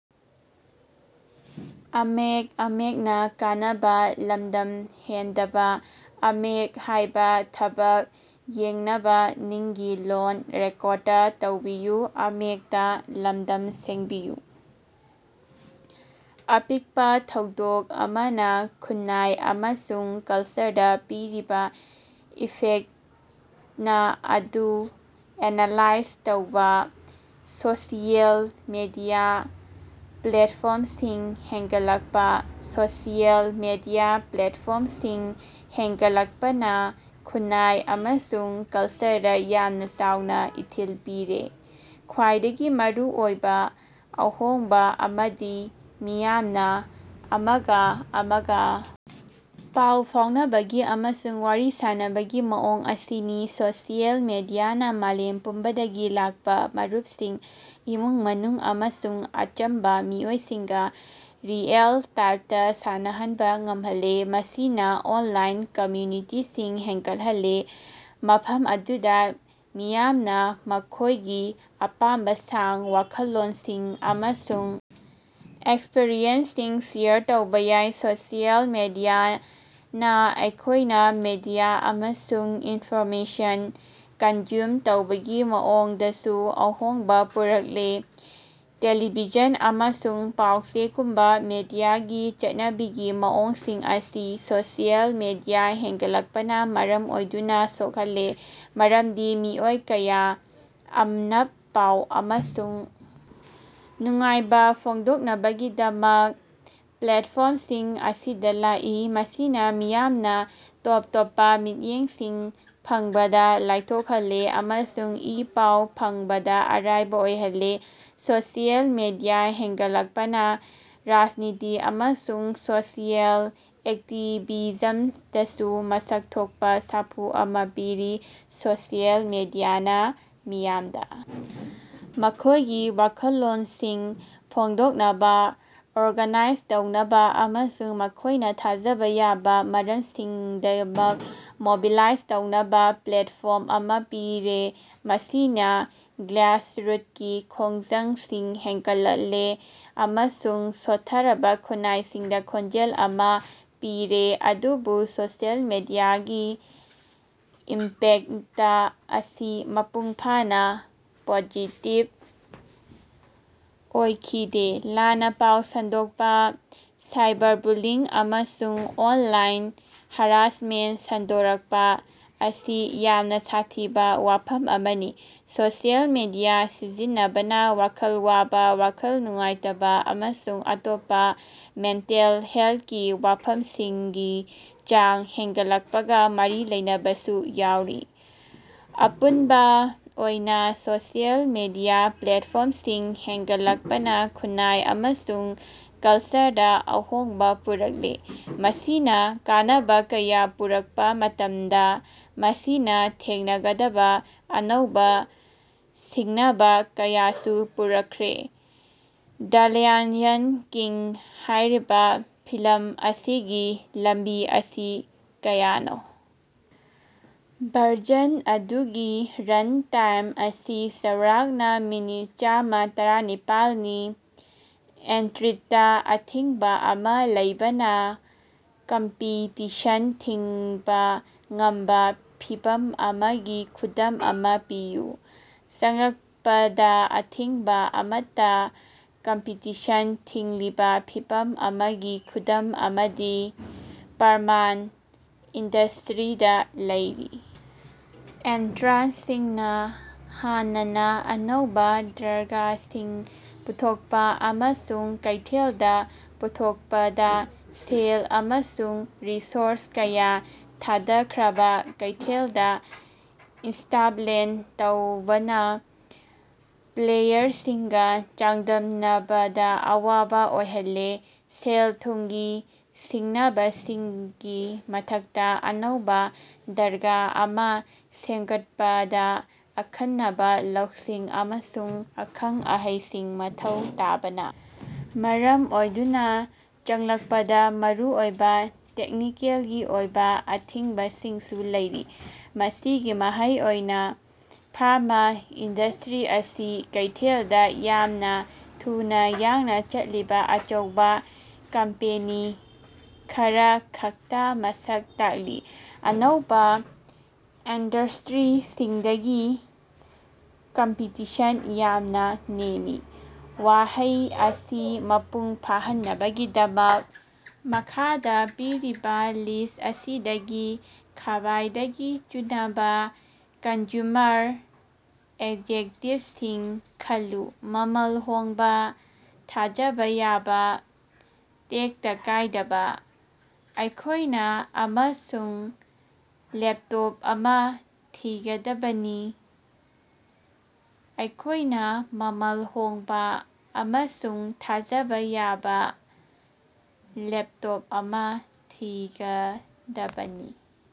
ꯑꯄꯤꯛꯄ ꯊꯧꯗꯣꯛ ꯑꯃꯅ ꯈꯨꯟꯅꯥꯏ ꯑꯃꯁꯨꯡ ꯀꯜꯆꯔꯗ ꯄꯤꯔꯤꯕ ꯏꯐꯦꯛꯅ ꯑꯗꯨ ꯑꯦꯅꯥꯂꯥꯏꯖ ꯇꯧꯕꯥ꯫ ꯁꯣꯁꯤꯌꯦꯜ ꯃꯤꯗꯤꯌꯥ ꯄ꯭ꯂꯦꯠꯐꯣꯔꯝꯁꯤꯡ ꯍꯦꯟꯒꯠꯂꯛꯄꯥ꯫ ꯁꯣꯁꯤꯌꯦꯜ ꯃꯤꯗꯤꯌꯥ ꯄ꯭ꯂꯦꯠꯐꯣꯔꯃꯁꯤꯡ ꯍꯦꯟꯒꯠꯂꯛꯄꯅꯥ ꯈꯨꯟꯅꯥꯏ ꯑꯃꯁꯨꯡ ꯀꯂꯆꯔꯗ ꯌꯥꯝꯅ ꯆꯥꯎꯅꯥ ꯏꯊꯤꯜ ꯄꯤꯔꯦ꯫ ꯈ꯭ꯋꯥꯏꯗꯒꯤ ꯃꯔꯨꯑꯣꯏꯕꯥ ꯑꯍꯣꯡꯕ ꯑꯃꯗꯤ ꯃꯤꯌꯥꯝꯅꯥ ꯑꯃꯒ ꯑꯃꯒ ꯄꯥꯎ ꯐꯥꯎꯅꯕꯒꯤ ꯑꯃꯁꯨꯡ ꯋꯥꯔꯤ ꯁꯥꯅꯕꯒꯤ ꯃꯑꯣꯡ ꯑꯁꯤꯅꯤ꯫ ꯁꯣꯁꯤꯌꯦꯜ ꯃꯤꯗꯤꯌꯥꯅꯥ ꯃꯥꯂꯦꯝ ꯄꯨꯝꯕꯗꯒꯤ ꯂꯥꯛꯄꯥ ꯃꯔꯨꯞꯁꯤꯡ, ꯏꯃꯨꯡ ꯃꯅꯨꯡ ꯑꯃꯁꯨꯡ ꯑꯆꯝꯕ ꯃꯤꯑꯣꯏꯁꯤꯡꯒ, ꯔꯤꯑꯦꯜ ꯇꯥꯏꯝꯗꯥ ꯁꯝꯅꯍꯟꯕꯥ ꯉꯝꯍꯜꯂꯦ꯫ ꯃꯁꯤꯅꯥ ꯑꯣꯟꯂꯥꯏꯟ ꯀꯝꯃ꯭ꯌꯨꯅꯤꯇꯤꯁꯤꯡ ꯍꯦꯟꯒꯠꯍꯜꯂꯦ, ꯃꯐꯝ ꯑꯗꯨꯗꯥ ꯃꯤꯌꯥꯝꯅꯥ ꯃꯈꯣꯏꯒꯤ ꯑꯄꯥꯝꯕꯁꯥꯡ, ꯋꯥꯈꯜꯂꯣꯟꯁꯤꯡ ꯑꯃꯁꯨꯡ ꯑꯦꯛꯁꯄꯔꯤꯌꯦꯟꯁꯁꯤꯡ ꯁꯦꯌꯔ ꯇꯧꯕꯥ ꯌꯥꯏ꯫ ꯁꯣꯁꯤꯌꯦꯜ ꯃꯤꯗꯤꯌꯥꯅꯥ ꯑꯩꯈꯣꯏꯅ ꯃꯤꯗꯤꯌꯥ ꯑꯃꯁꯨꯡ ꯏꯟꯐꯣꯔꯃꯦꯁꯟ ꯀꯟꯖ꯭ꯌꯨꯝ ꯇꯧꯕꯒꯤ ꯃꯑꯣꯡꯗꯁꯨ ꯑꯍꯣꯡꯕꯥ ꯄꯨꯔꯛꯂꯦ꯫ ꯇꯦꯂꯤꯚꯤꯖꯟ ꯑꯃꯁꯨꯡ ꯄꯥꯎ-ꯆꯦꯒꯨꯝꯕ ꯃꯤꯗꯤꯌꯥꯒꯤ ꯆꯠꯅꯕꯤꯒꯤ ꯃꯑꯣꯡꯁꯤꯡ ꯑꯁꯤ ꯁꯣꯁꯤꯌꯦꯜ ꯃꯤꯗꯤꯌꯥ ꯍꯦꯟꯒꯠꯂꯛꯄꯅ ꯃꯔꯝ ꯑꯣꯏꯗꯨꯅ ꯁꯣꯛꯍꯜꯂꯦ, ꯃꯔꯝꯗꯤ ꯃꯤꯑꯣꯏ ꯀꯌꯥ ꯑꯅꯞꯄꯥꯎ ꯑꯃꯁꯨꯡ ꯅꯨꯡꯉꯥꯏꯕ ꯐꯣꯡꯗꯣꯛꯅꯕꯒꯤꯗꯃꯛ ꯄ꯭ꯂꯦꯠꯐꯣꯔꯝꯁꯤꯡ ꯑꯁꯤꯗ ꯂꯥꯛꯏ꯫ ꯃꯁꯤꯅ ꯃꯤꯌꯥꯝꯅ ꯇꯣꯞ ꯇꯣꯞꯄꯥ ꯃꯤꯠꯌꯦꯡꯁꯤꯡ ꯐꯪꯕꯗꯥ ꯂꯥꯏꯊꯣꯛꯍꯜꯂꯦ ꯑꯃꯁꯨꯡ ꯏ ꯄꯥꯎ ꯐꯪꯕꯗ ꯑꯔꯥꯏꯕ ꯑꯣꯏꯍꯜꯂꯦ꯫ ꯁꯣꯁꯤꯌꯦꯜ ꯃꯤꯗꯤꯌꯥ ꯍꯦꯟꯒꯠꯂꯛꯄꯅꯥ ꯔꯥꯖꯅꯤꯇꯤ ꯑꯃꯁꯨꯡ ꯁꯣꯁꯤꯌꯦꯜ ꯑꯦꯛꯇꯤꯕꯤꯖꯝꯗꯁꯨ ꯃꯁꯛ ꯊꯣꯛꯄꯥ ꯁꯥꯐꯨ ꯑꯃ ꯄꯤꯔꯦ꯫ ꯁꯣꯁꯤꯌꯦꯜ ꯃꯤꯗꯤꯌꯥꯅ ꯃꯤꯌꯥꯝꯗ ꯃꯈꯣꯏꯒꯤ ꯋꯥꯈꯜꯂꯣꯟꯁꯤꯡ ꯐꯣꯡꯗꯣꯛꯅꯕꯥ, ꯑꯣꯔꯒꯅꯥꯏꯖ ꯇꯧꯅꯕ ꯑꯃꯁꯨꯡ ꯃꯈꯣꯏꯅ ꯊꯥꯖꯕ ꯌꯥꯕ ꯃꯔꯝꯁꯤꯡꯗꯃꯛ ꯃꯣꯕꯤꯂꯥꯏꯖ ꯇꯧꯅꯕꯥ ꯄ꯭ꯂꯦꯠꯐꯣꯔꯝ ꯑꯃ ꯄꯤꯔꯦ, ꯃꯁꯤꯅ ꯒ꯭ꯔꯥꯁꯔꯨꯠꯀꯤ ꯈꯣꯡꯖꯪꯁꯤꯡ ꯍꯦꯟꯒꯠꯍꯜꯂꯦ ꯑꯃꯁꯨꯡ ꯁꯣꯠꯊꯔꯕꯥ ꯈꯨꯟꯅꯥꯏꯁꯤꯡꯗꯥ ꯈꯣꯟꯖꯦꯜ ꯑꯃ ꯄꯤꯔꯦ꯫ ꯑꯗꯨꯕꯨ ꯁꯣꯁꯤꯌꯦꯜ ꯃꯤꯗꯤꯌꯥꯒꯤ ꯏꯝꯄꯦꯛꯇ ꯑꯁꯤ ꯃꯄꯨꯡ ꯐꯥꯅꯥ ꯄꯣꯖꯤꯇꯤꯕ ꯑꯣꯏꯈꯤꯗꯦ꯫ ꯂꯥꯟꯅ ꯄꯥꯎ ꯁꯟꯗꯣꯛꯄ, ꯁꯥꯏꯕꯔꯕꯨꯂꯤꯡ, ꯑꯃꯁꯨꯡ ꯑꯣꯟꯂꯥꯏꯟ ꯍꯔꯥꯁꯃꯦꯟꯇ ꯁꯟꯗꯣꯔꯛꯄꯥ ꯑꯁꯤ ꯌꯥꯝꯅ ꯁꯥꯊꯤꯕ ꯋꯥꯐꯝ ꯑꯃꯅꯤ꯫ ꯁꯣꯁꯤꯌꯦꯜ ꯃꯤꯗꯤꯌꯥ ꯁꯤꯖꯤꯟꯅꯕꯅ ꯋꯥꯈꯜ ꯋꯥꯕ, ꯋꯥꯈꯜ ꯅꯨꯡꯉꯥꯏꯇꯕ ꯑꯃꯁꯨꯡ ꯑꯇꯣꯞꯄꯥ ꯃꯦꯟꯇꯦꯜ ꯍꯦꯜꯊꯀꯤ ꯋꯥꯐꯝꯁꯤꯡꯒꯤ ꯆꯥꯡ ꯍꯦꯟꯒꯠꯂꯛꯄꯒꯥ ꯃꯔꯤ ꯂꯩꯅꯕꯁꯨ ꯌꯥꯎꯔꯤ꯫ ꯑꯄꯨꯟꯕꯥ ꯑꯣꯏꯅ ꯁꯣꯁꯤꯌꯦꯜ ꯃꯤꯗꯤꯌꯥ ꯄ꯭ꯂꯦꯠꯐꯣꯔꯝꯁꯤꯡ ꯍꯦꯟꯒꯠꯂꯛꯄꯅ ꯈꯨꯟꯅꯥꯏ ꯑꯃꯁꯨꯡ ꯀꯂꯆꯔꯗꯥ ꯑꯍꯣꯡꯕ ꯄꯨꯔꯛꯂꯦ꯫ ꯃꯁꯤꯅ ꯀꯥꯟꯅꯕ ꯀꯌꯥ ꯄꯨꯔꯛꯄ ꯃꯇꯝꯗ, ꯃꯁꯤꯅꯥ ꯊꯦꯡꯅꯒꯗꯕꯥ ꯑꯅꯧꯕꯥ ꯁꯤꯡꯅꯕ ꯀꯌꯥꯁꯨ ꯄꯨꯔꯛꯈ꯭ꯔꯦ꯫ ꯗ ꯂꯥꯌꯟ ꯀꯤꯡ ꯍꯥꯌꯕꯥ ꯐꯤꯜꯃ ꯑꯁꯤꯒꯤ ꯂꯝꯕꯤ ꯑꯁꯤ ꯀꯌꯥꯅꯣ? ꯚꯔꯖꯟ ꯑꯗꯨꯒꯤ ꯔꯟꯇꯥꯏꯝ ꯑꯁꯤ ꯆꯥꯎꯔꯥꯛꯅꯥꫪ ꯃꯤꯅꯤꯠ ꯆꯥꯝꯃ ꯇꯔꯥꯅꯤꯄꯥꯜ ꯅꯤ꯫ ꯑꯦꯟꯇ꯭ꯔꯤꯗꯥ ꯑꯊꯤꯡꯕꯥ ꯑꯃꯥ ꯂꯩꯕꯅ ꯀꯝꯄꯤꯇꯤꯁꯟ ꯊꯤꯡꯕ ꯉꯝꯕꯥ ꯐꯤꯚꯝ ꯑꯃꯒꯤ ꯈꯨꯗꯝ ꯑꯃ ꯄꯤꯌꯨ꯫ ꯆꯪꯂꯛꯄꯗ ꯑꯊꯤꯡꯕ ꯑꯃꯠꯇ ꯀꯝꯄꯤꯇꯤꯁꯟ ꯊꯤꯡꯂꯤꯕ ꯐꯤꯚꯝ ꯑꯃꯒꯤ ꯈꯨꯗꯝ ꯑꯃꯗꯤ ꯄ꯭ꯔꯃꯥꯟ ꯏꯟꯗꯁꯇ꯭ꯔꯤꯗꯥ ꯂꯩꯔꯤ, ꯑꯦꯟꯇ꯭ꯔꯥꯟꯁꯁꯤꯡꯅꯥ ꯍꯥꯟꯅꯅ ꯑꯅꯧꯕ ꯗ꯭ꯔꯒꯁꯤꯡ ꯄꯨꯊꯣꯛꯄꯥ ꯑꯃꯁꯨꯡ ꯀꯩꯊꯦꯜꯗ ꯄꯨꯊꯣꯛꯄꯗ ꯁꯦꯜ ꯑꯃꯁꯨꯡ ꯔꯤꯁꯣꯔꯁ ꯀꯌꯥ ꯊꯥꯗꯈ꯭ꯔꯕꯥ ꯀꯩꯊꯦꯜꯗꯥ ꯏꯁ꯭ꯇꯥꯕꯃꯦꯟ ꯇꯧꯔꯕꯥ ꯄ꯭ꯂꯦꯌꯔꯁꯤꯡꯒꯥ ꯆꯥꯡꯗꯝꯅꯕꯗ ꯑꯋꯥꯕ ꯑꯣꯏꯍꯜꯂꯤ꯫ ꯁꯦꯜ-ꯊꯨꯝꯒꯤ ꯁꯤꯡꯅꯕꯁꯤꯡꯒꯤ ꯃꯊꯛꯇꯥ, ꯑꯅꯧꯕꯥ ꯗ꯭ꯔꯒ ꯑꯃꯥ ꯁꯦꯝꯒꯠꯄꯗꯥ ꯑꯈꯟꯅꯕꯥ ꯂꯧꯁꯤꯡ ꯑꯃꯁꯨꯡ ꯑꯈꯪ-ꯑꯍꯩꯁꯤꯡ ꯃꯊꯧ ꯇꯥꯕꯅ ꯃꯔꯝ ꯑꯣꯏꯗꯨꯅ ꯆꯪꯂꯛꯄꯗ ꯃꯔꯨꯑꯣꯏꯕ ꯇꯦꯛꯅꯤꯀꯦꯜꯒꯤ ꯑꯣꯏꯕ ꯑꯊꯤꯡꯕꯁꯤꯡꯁꯨ ꯂꯩꯔꯤ꯫ ꯃꯁꯤꯒꯤ ꯃꯍꯩ ꯑꯣꯏꯅꯥ ꯐꯥꯔꯃꯥ ꯏꯟꯗꯁꯇ꯭ꯔꯤ ꯑꯁꯤ ꯀꯩꯊꯦꯜꯗꯥ ꯌꯥꯝꯅ ꯊꯨꯅꯥ ꯌꯥꯡꯅꯥ ꯆꯠꯂꯤꯕ ꯑꯆꯧꯕ ꯀꯝꯄꯦꯅꯤ ꯈꯔꯈꯛꯇ ꯃꯁꯛ ꯇꯥꯛꯂꯤ, ꯑꯅꯧꯕꯥ ꯑꯦꯟꯇ꯭ꯔꯥꯟꯁꯁꯤꯡꯗꯒꯤ ꯀꯝꯄꯤꯇꯤꯁꯟ ꯌꯥꯝꯅꯥ ꯅꯦꯝꯃꯤ꯫ ꯋꯥꯍꯩ ꯑꯁꯤ ꯃꯄꯨꯡ ꯐꯥꯍꯟꯅꯕꯒꯤꯗꯃꯛ ꯃꯈꯥꯗꯥ ꯄꯤꯔꯤꯕꯥ ꯂꯤꯁ ꯑꯁꯤꯗꯒꯤ ꯈ꯭ꯕꯥꯏꯗꯒꯤ ꯆꯨꯅꯕꯥ ꯀꯟꯖ꯭ꯌꯨꯃꯔ ꯑꯦꯖꯦꯛꯇꯤꯚꯁꯤꯡ ꯈꯜꯂꯨ: ꯃꯃꯜ ꯍꯣꯡꯕꯥ, ꯊꯥꯖꯕꯥ ꯌꯥꯕꯥ, ꯇꯦꯛꯇ ꯀꯥꯏꯗꯕ꯫ ꯑꯩꯈꯣꯏꯅ ꯑꯃꯁꯨꯡ ꯂꯦꯄꯇꯣꯞ ꯑꯃ ꯊꯤꯒꯗꯕꯅꯤ꯫ ꯑꯩꯈꯣꯏꯅꯥ ꯃꯃꯜ ꯍꯣꯡꯕꯥ ꯑꯃꯁꯨꯡ ꯊꯥꯖꯕꯥ ꯌꯥꯕ ꯂꯦꯞꯇꯣꯞ ꯑꯃ ꯊꯤꯒꯗꯕꯅꯤ꯫